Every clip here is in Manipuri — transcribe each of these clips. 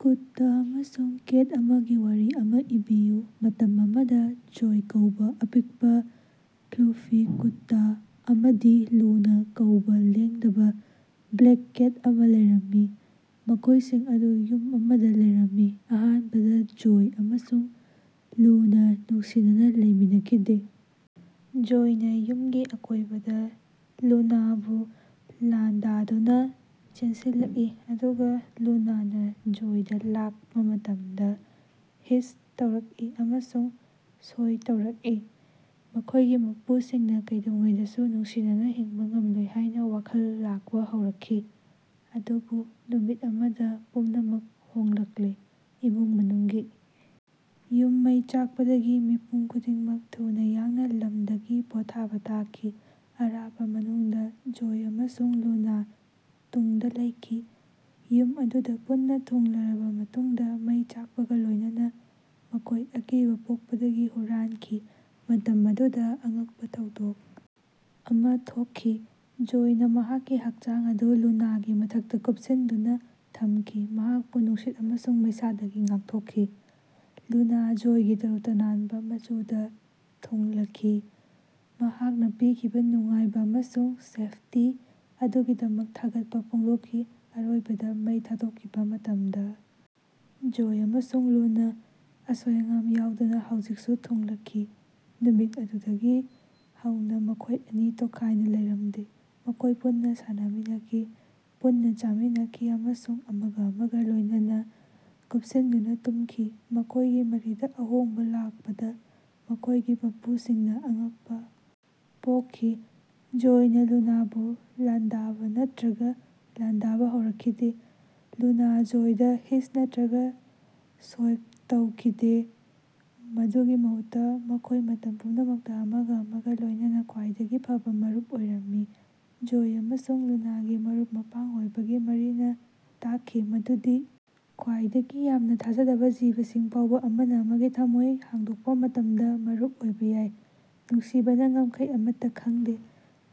ꯀꯨꯠꯇ ꯑꯃꯁꯨꯡ ꯀꯦꯠ ꯑꯃꯒꯤ ꯋꯥꯔꯤ ꯑꯃ ꯏꯕꯤꯌꯨ꯫ ꯃꯇꯝ ꯑꯃꯗ ꯖꯣꯏ ꯀꯧꯕ ꯑꯄꯤꯛꯄ, ꯐ꯭ꯂꯨꯐꯤ ꯀꯨꯠꯇꯥ ꯑꯃꯗꯤ ꯂꯨꯅ ꯀꯧꯕ ꯂꯦꯡꯗꯕ ꯕ꯭ꯂꯦꯛ ꯀꯦꯠ ꯑꯃ ꯂꯩꯔꯝꯃꯤ, ꯃꯈꯣꯏꯁꯤꯡ ꯑꯗꯨ ꯌꯨꯝ ꯑꯃꯗ ꯂꯩꯔꯝꯃꯤ꯫ ꯑꯍꯥꯟꯕꯗ ꯖꯣꯏ ꯑꯃꯁꯨꯡ ꯂꯨꯅ ꯅꯨꯡꯁꯤꯅꯅ ꯂꯩꯃꯤꯟꯅꯈꯤꯗꯦ꯫ ꯖꯣꯏꯅ ꯌꯨꯝꯒꯤ ꯑꯀꯣꯏꯕꯗ ꯂꯨꯅꯥꯕꯨ ꯂꯥꯟꯗꯥꯗꯨꯅ ꯆꯦꯟꯁꯤꯜꯂꯛꯏ ꯑꯗꯨꯒ ꯂꯨꯅꯥꯅ ꯖꯣꯏꯗ ꯂꯥꯛꯄ ꯃꯇꯝꯗ ꯍꯤꯁ ꯇꯧꯔꯛꯏ ꯑꯃꯁꯨꯡ ꯁꯣꯏ ꯇꯧꯔꯛꯏ꯫ ꯃꯈꯣꯏꯒꯤ ꯃꯄꯨꯁꯤꯡꯅ ꯀꯩꯗꯧꯉꯩꯗꯁꯨ ꯅꯨꯡꯁꯤꯅꯅ ꯍꯤꯡꯕ ꯉꯝꯂꯣꯏ ꯍꯥꯏꯅ ꯋꯥꯈꯜ ꯂꯥꯛꯄ ꯍꯧꯔꯛꯈꯤ꯫ ꯑꯗꯨꯕꯨ ꯅꯨꯃꯤꯠ ꯑꯃꯗ ꯄꯨꯝꯅꯃꯛ ꯍꯣꯡꯂꯛꯂꯦ꯫ ꯏꯃꯨꯡ ꯃꯅꯨꯡꯒꯤ ꯌꯨꯝ ꯃꯩ ꯆꯥꯛꯄꯗꯒꯤ ꯃꯤꯄꯨꯝ ꯈꯨꯗꯤꯡꯃꯛ ꯊꯨꯅ ꯌꯥꯡꯅ ꯂꯝꯗꯒꯤ ꯄꯣꯠꯊꯥꯕ ꯇꯥꯈꯤ꯫ ꯑꯔꯥꯞꯄ ꯃꯅꯨꯡꯗ ꯖꯣꯏ ꯑꯃꯁꯨꯡ ꯂꯨꯅꯥ ꯇꯨꯡꯗ ꯂꯩꯈꯤ꯫ ꯌꯨꯝ ꯑꯗꯨꯗ ꯄꯨꯟꯅ ꯊꯨꯡꯂꯔꯕ ꯃꯇꯨꯡꯗ ꯃꯩ ꯆꯥꯛꯄꯒ ꯂꯣꯏꯅꯅ ꯃꯈꯣꯏ ꯑꯀꯤꯕ ꯄꯣꯛꯄꯗꯒꯤ ꯍꯨꯔꯥꯟꯈꯤ꯫ ꯃꯇꯝ ꯑꯗꯨꯗ ꯑꯉꯛꯄ ꯊꯧꯗꯣꯛ ꯑꯃ ꯊꯣꯛꯈꯤ꯫ ꯖꯣꯏꯅ ꯃꯍꯥꯛꯀꯤ ꯍꯛꯆꯥꯡ ꯑꯗꯨ ꯂꯨꯅꯥꯒꯤ ꯃꯊꯛꯇ ꯀꯨꯞꯁꯤꯟꯗꯨꯅ ꯊꯝꯈꯤ, ꯃꯍꯥꯛꯄꯨ ꯅꯨꯡꯁꯤꯠ ꯑꯃꯁꯨꯡ ꯃꯩꯁꯥꯗꯒꯤ ꯉꯥꯡꯊꯣꯛꯈꯤ꯫ ꯂꯨꯅꯥ ꯖꯣꯏꯒꯤ ꯇꯔꯨ ꯇꯅꯥꯟꯕ ꯃꯆꯨꯗ ꯊꯨꯡꯂꯈꯤ, ꯃꯍꯥꯛꯅ ꯄꯤꯈꯤꯕ ꯅꯨꯡꯉꯥꯏꯕ ꯑꯃꯁꯨꯡ ꯁꯦꯐꯇꯤ ꯑꯗꯨꯒꯤꯗꯃꯛ ꯊꯥꯒꯠꯄ ꯐꯣꯡꯗꯣꯛꯈꯤ꯫ ꯑꯔꯣꯏꯕꯗ ꯃꯩ ꯊꯥꯗꯣꯛꯈꯤꯕ ꯃꯇꯝꯗ ꯖꯣꯏ ꯑꯃꯁꯨꯡ ꯂꯨꯅ, ꯑꯁꯣꯏ ꯑꯉꯥꯝ ꯌꯥꯎꯗꯅ, ꯍꯧꯖꯤꯛꯁꯨ ꯊꯨꯡꯂꯈꯤ꯫ ꯅꯨꯃꯤꯠ ꯑꯗꯨꯗꯒꯤ ꯍꯧꯅ ꯃꯈꯣꯏ ꯑꯅꯤ ꯇꯣꯈꯥꯏꯅ ꯂꯩꯔꯝꯗꯦ꯫ ꯃꯈꯣꯏ ꯄꯨꯟꯅ ꯁꯥꯟꯅꯃꯤꯟꯅꯈꯤ, ꯄꯨꯟꯅ ꯆꯥꯃꯤꯟꯅꯈꯤ ꯑꯃꯁꯨꯡ ꯑꯃꯒ ꯑꯃꯒ ꯂꯣꯏꯅꯅ ꯀꯨꯞꯁꯤꯟꯗꯨꯅ ꯇꯨꯝꯃꯤ꯫ ꯃꯈꯣꯏꯒꯤ ꯃꯔꯤꯗ ꯑꯍꯣꯡꯕ ꯂꯥꯛꯄꯗ ꯃꯈꯣꯏꯒꯤ ꯃꯄꯨꯁꯤꯡꯅ ꯑꯉꯛꯄ ꯄꯣꯛꯈꯤ꯫ ꯖꯣꯏꯅ ꯂꯨꯅꯥꯕꯨ ꯂꯥꯟꯗꯥꯕ ꯅꯠꯇ꯭ꯔꯒ ꯂꯥꯟꯗꯥꯕ ꯍꯧꯔꯛꯈꯤꯗꯦ, ꯂꯨꯅꯥ ꯖꯣꯏꯗ ꯍꯤꯁ ꯅꯠꯇ꯭ꯔꯒ ꯁꯣꯏꯞ ꯇꯧꯈꯤꯗꯦ꯫ ꯃꯗꯨꯒꯤ ꯃꯍꯨꯠꯇ ꯃꯈꯣꯏ ꯃꯇꯝ ꯄꯨꯝꯅꯃꯛꯇ ꯑꯃꯒ ꯑꯃꯒ ꯂꯣꯏꯅꯅ ꯈ꯭ꯋꯥꯏꯗꯒꯤ ꯐꯕ ꯃꯔꯨꯞ ꯑꯣꯏꯔꯝꯃꯤ꯫ ꯖꯣꯏ ꯑꯃꯁꯨꯡ ꯂꯨꯅꯥꯒꯤ ꯃꯔꯨꯞ-ꯃꯄꯥꯡ ꯑꯣꯏꯕꯒꯤ ꯃꯔꯤꯅ ꯇꯥꯛꯈꯤ ꯃꯗꯨꯗꯤ ꯈ꯭ꯋꯥꯏꯗꯒꯤ ꯌꯥꯝꯅ ꯊꯥꯖꯗꯕ ꯖꯤꯕꯁꯤꯡ ꯐꯥꯎꯕ ꯑꯃꯅ ꯑꯃꯒꯤ ꯊꯝꯃꯣꯏ ꯍꯥꯡꯗꯣꯛꯄ ꯃꯇꯝꯗ ꯃꯔꯨꯞ ꯑꯣꯏꯕ ꯌꯥꯏ꯫ ꯅꯨꯡꯁꯤꯕꯅ ꯉꯝꯈꯩ ꯑꯃꯠꯇ ꯈꯪꯗꯦ,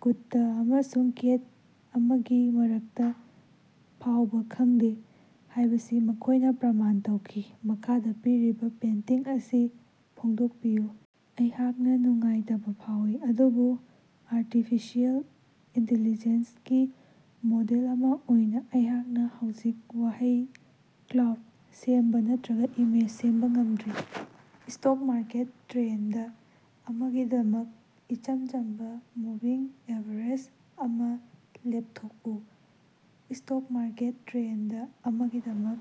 ꯀꯨꯠꯇ ꯑꯃꯁꯨꯡ ꯀꯦꯠ ꯑꯃꯒꯤ ꯃꯔꯛꯇ ꯐꯥꯎꯕ ꯈꯪꯗꯦ ꯍꯥꯏꯕꯁꯤ ꯃꯈꯣꯏꯅ ꯄ꯭ꯔꯃꯥꯟ ꯇꯧꯈꯤ꯫ ꯃꯈꯥꯗ ꯄꯤꯔꯤꯕ ꯄꯦꯟꯇꯤꯡ ꯑꯁꯤ ꯐꯣꯡꯗꯣꯛꯄꯤꯌꯨ꯫ ꯑꯩꯍꯥꯛꯅ ꯅꯨꯡꯉꯥꯏꯇꯕ ꯐꯥꯎꯏ, ꯑꯗꯨꯕꯨ ꯑꯔꯇꯤꯐꯤꯁꯤꯑꯦꯜ ꯏꯟꯇꯦꯂꯤꯖꯦꯟꯁ ꯒꯤ ꯃꯣꯗꯦꯜ ꯑꯃ ꯑꯣꯏꯅ ꯑꯩꯍꯥꯛꯅ ꯍꯧꯖꯤꯛ ꯋꯥꯍꯩ ꯀ꯭ꯂꯥꯎꯗ ꯁꯦꯝꯕ ꯅꯠꯇ꯭ꯔꯒ ꯏꯃꯦꯖ ꯁꯦꯝꯕ ꯉꯝꯗ꯭ꯔꯤ꯫ ꯁ꯭ꯇꯣꯛ ꯃꯥꯔꯀꯦꯠ ꯇ꯭ꯔꯦꯟꯗ ꯑꯃꯒꯤꯗꯃꯛ ꯏꯆꯝ ꯆꯝꯕ ꯃꯨꯚꯤꯡ ꯑꯦꯚꯔꯦꯖ ꯑꯃ ꯂꯦꯞꯊꯣꯛꯎ꯫ ꯁ꯭ꯇꯣꯛ ꯃꯥꯔꯀꯦꯠ ꯇ꯭ꯔꯦꯟꯗ ꯑꯃꯒꯤꯗꯃꯛ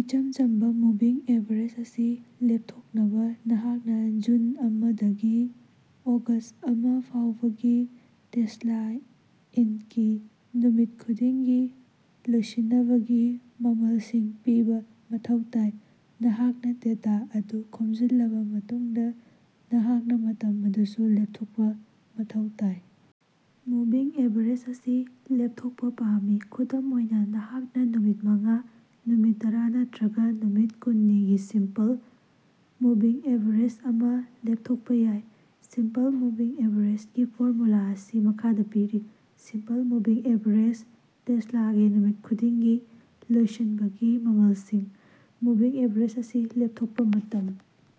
ꯏꯆꯝ ꯆꯝꯕ ꯃꯨꯚꯤꯡ ꯑꯦꯚꯔꯦꯖ ꯑꯁꯤ ꯂꯦꯞꯊꯣꯛꯅꯕ, ꯅꯍꯥꯛꯅ ꯖꯨꯟ ꯑꯃ ꯗꯒꯤ ꯑꯣꯒꯁ꯭ꯠ ꯑꯃ ꯐꯥꯑꯣꯕꯒꯤ ꯇꯦꯁꯂꯥ ꯏꯟꯀꯤ ꯅꯨꯃꯤꯠ ꯈꯨꯗꯤꯡꯒꯤ ꯂꯣꯏꯁꯤꯅꯕꯒꯤ ꯃꯃꯜꯁꯤꯡ ꯄꯤꯕ ꯃꯊꯧ ꯇꯥꯏ, ꯅꯍꯥꯛꯅ ꯗꯦꯇꯥ ꯑꯗꯨ ꯈꯣꯝꯖꯤꯜꯂꯕ ꯃꯇꯨꯡꯗ, ꯅꯍꯥꯛꯅ ꯃꯇꯝ ꯑꯗꯨꯁꯨ ꯂꯦꯞꯊꯣꯛꯄ ꯃꯊꯧ ꯇꯥꯏ꯫ ꯃꯨꯚꯤꯡ ꯑꯦꯚꯔꯦꯖ ꯑꯁꯤ ꯂꯦꯞꯊꯣꯛꯄ ꯄꯥꯝꯃꯤ꯫ ꯈꯨꯗꯝ ꯑꯣꯏꯅ, ꯅꯍꯥꯛꯅ ꯅꯨꯃꯤꯠ ꯃꯉꯥ, ꯅꯨꯃꯤꯠ ꯇꯔꯥ ꯅꯠꯇ꯭ꯔꯒ ꯅꯨꯃꯤꯠ ꯀꯨꯟꯅꯤꯒꯤ ꯁꯤꯝꯄꯜ ꯃꯨꯚꯤꯡ ꯑꯦꯚꯔꯦꯖ ꯑꯃ ꯂꯦꯞꯊꯣꯛꯄ ꯌꯥꯏ꯫ ꯁꯤꯝꯄꯜ ꯃꯨꯚꯤꯡ ꯑꯦꯚꯔꯦꯖꯒꯤ ꯐꯣꯔꯃꯨꯂꯥ ꯑꯁꯤ ꯃꯈꯥꯗ ꯄꯤꯔꯤ꯫ ꯁꯤꯝꯄꯜ ꯃꯨꯚꯤꯡ ꯑꯦꯚꯔꯦꯖ, ꯇꯦꯁꯂꯥꯒꯤ ꯅꯨꯃꯤꯠ ꯈꯨꯗꯤꯡꯒꯤ ꯂꯣꯏꯁꯤꯟꯕꯒꯤ ꯃꯃꯜꯁꯤꯡ꯫ ꯃꯨꯚꯤꯡ ꯑꯦꯚꯔꯦꯖ ꯑꯁꯤ ꯂꯦꯄꯊꯣꯛꯄ ꯃꯇꯝ꯫